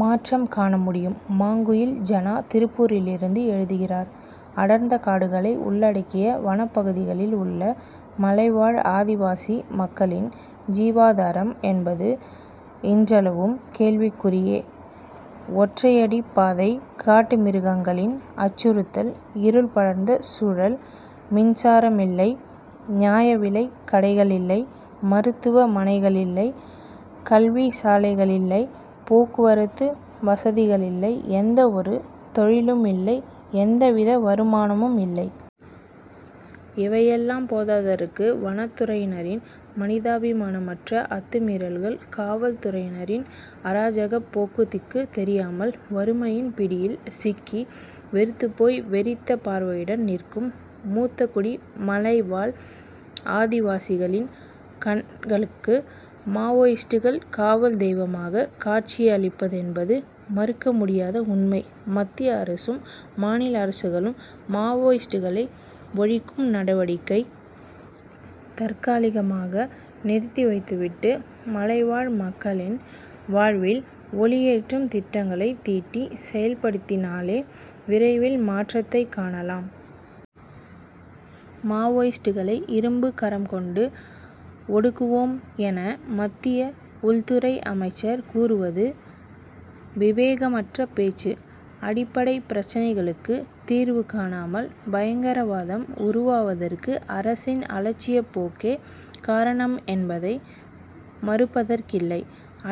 மாற்றம் காணமுடியும்! மாங்குயில் ஜனா திருப்பூரிலிருந்து எழுதுகிறார் அடர்ந்த காடுகளை உள்ளடக்கிய வனப்பகுதிகளில் உள்ள மலைவாழ் ஆதிவாசி மக்களின் ஜீவாதாரம் என்பது இன்றளவும் கேள்விக்குறியே. ஒற்றையடிப் பாதை காட்டு மிருகங்களின் அச்சுறுத்தல் இருள் படர்ந்த சூழல் மின்சாரமில்லை நியாயவிலைக் கடைகளில்லை மருத்துவ மனைகளில்லை கல்விச் சாலைகளில்லை போக்குவரத்து வசதிகளில்லை எந்த ஒரு தொழிலுமில்லை எந்தவித வருமானமும் இல்லை. இவையெல்லாம் போதாதற்கு வனத்துறையினரின் மனிதாபிமானமற்ற அத்துமீறல்கள். காவல்துறையினரின் அராஜகப் போக்கு திக்குத் தெரியாமல் வறுமையின் பிடியில் சிக்கி வெறுத்துப்போய் வெறித்த பார்வையுடன் நிற்கும் மூத்தகுடி மலைவாழ் ஆதிவாசிகளின் கண்களுக்கு மாவோயிஸ்ட்கள் காவல் தெய்வமாகக் காட்சியளிப்பதென்பது மறுக்க முடியாத உண்மை. மத்திய அரசும் மாநில அரசுகளும் மாவோயிஸ்டுகளை ஒழிக்கும் நடவடிக்கைத் தற்காலிகமாக நிறுத்திவைத்துவிட்டு மலைவாழ் மக்களின் வாழ்வில் ஒளியேற்றும் திட்டங்களைத் தீட்டி செயல்படுத்தினாலே விரைவில் மாற்றத்தைக் காணலாம். மாவோயிஸ்டுகளை இரும்புக் கரம் கொண்டு ஒடுக்குவோம் என மத்திய உள்துறை அமைச்சர் கூறுவது விவேகமற்ற பேச்சு. அடிப்படை பிரச்னைகளுக்குத் தீர்வு காணாமல் பயங்கரவாதம் உருவாவதற்கு அரசின் அலட்சியப் போக்கே காரணம் என்பதை மறுப்பதற்கில்லை.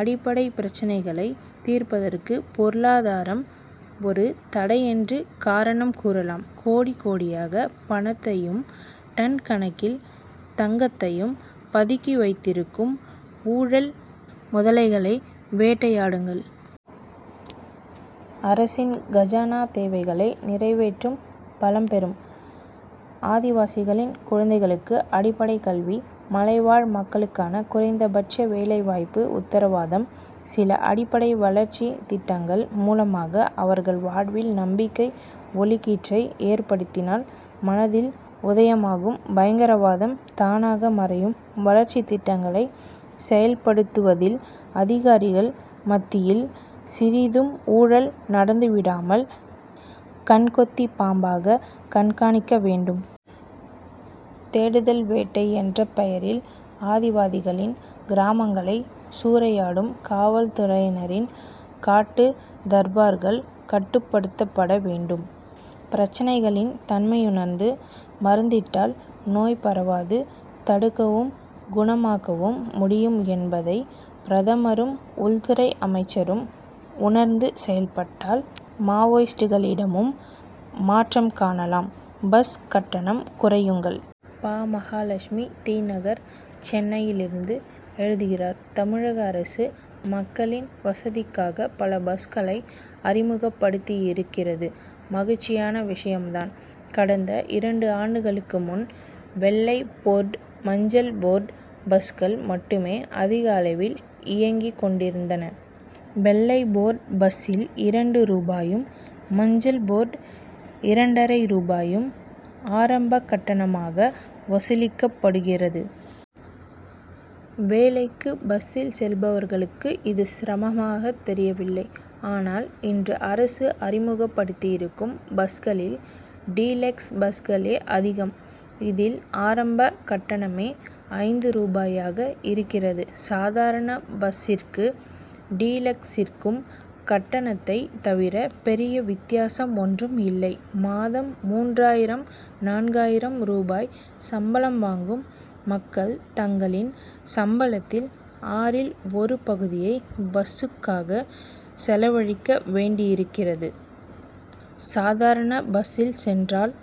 அடிப்படைப் பிரச்னைகளைத் தீர்ப்பதற்கு பொருளாதாரம் ஒரு தடையென்று காரணம் கூறலாம். கோடி கோடியாகப் பணத்தையும் டன் கணக்கில் தங்கத்தையும் பதுக்கி வைத்திருக்கும் ஊழல் முதலைகளை வேட்டையாடுங்கள். அரசின் கஜானா தேவைகளை நிறைவேற்றும் பலம் பெறும். ஆதிவாசிகளின் குழந்தைகளுக்கு அடிப்படைக் கல்வி மலைவாழ் மக்களுக்கான குறைந்தபட்ச வேலை வாய்ப்பு உத்தரவாதம். சில அடிப்படை வளர்ச்சித் திட்டங்கள் மூலமாக அவர்கள் வாழ்வில் நம்பிக்கை ஒளிக்கீற்றை ஏற்படுத்தினால் மனதில் உதயமாகும் பயங்கரவாதம் தானாக மறையும். வளர்ச்சித் திட்டங்களை செயல்படுத்துவதில் அதிகாரிகள் மத்தியில் சிறிதும் ஊழல் நடந்துவிடாமல் கண் கொத்திப் பாம்பாகக் கண்காணிக்க வேண்டும். தேடுதல் வேட்டை என்ற பெயரில் ஆதிவாதிகளின் கிராமங்களை சூறையாடும் காவல் துறையினரின் காட்டு தர்பார்கள் கட்டுப்படுத்தப்பட வேண்டும். பிரச்னைகளின் தன்மையுணர்ந்து மருந்திட்டால் நோய் பரவாது தடுக்கவும் குணமாக்கவும் முடியும் என்பதைப் பிரதமரும் உள்துறை அமைச்சரும் உணர்ந்து செயல்பட்டால் மாவோயிஸ்டுகளிடமும் மாற்றம் காணலாம். பஸ் கட்டணம் குறையுங்கள்! பா. மகாலட்சுமி தி. நகர் சென்னையிலிருந்து எழுதுகிறார் தமிழக அரசு மக்களின் வசதிக்காக பல பஸ்களை அறிமுகப்படுத்தியிருக்கிறது மகிழ்ச்சியான விஷயம் தான். கடந்த இரண்டு ஆண்டுகளுக்கு முன் வெள்ளை போர்டு மஞ்சள் போர்டு பஸ்கள் மட்டுமே அதிக அளவில் இயங்கிக் கொண்டிருந்தன. வெள்ளை போர்டு பஸ்சில் இரண்டு ரூபாயும் மஞ்சள் போர்டில் இரண்டரை ரூபாயும் ஆரம்பக் கட்டணமாக வசூலிக்கப்படுகிறது. வேலைக்கு பஸ்சில் செல்பவர்களுக்கு இது சிரமமாக தெரியவில்லை. ஆனால் இன்று அரசு அறிமுகப்படுத்தியிருக்கும் பஸ்களில் டீலக்ஸ் பஸ்களே அதிகம். இதில் ஆரம்பக் கட்டணமே ஐந்து ரூபாயாக இருக்கிறது. சாதாரண பஸ்சிற்கும் டீலக்சிற்கும் கட்டணத்தை தவிர பெரிய வித்தியாசம் ஒன்றும் இல்லை. மாதம் மூன்றாயிரம் நான்காயிரம் ரூபாய் சம்பளம் வாங்கும் மக்கள் தங்களின் சம்பளத்தில் ஆறில் ஒரு பகுதியை பஸ்சுக்காக செலவழிக்க வேண்டியிருக்கிறது. சாதாரண பஸ்சில் சென்றால்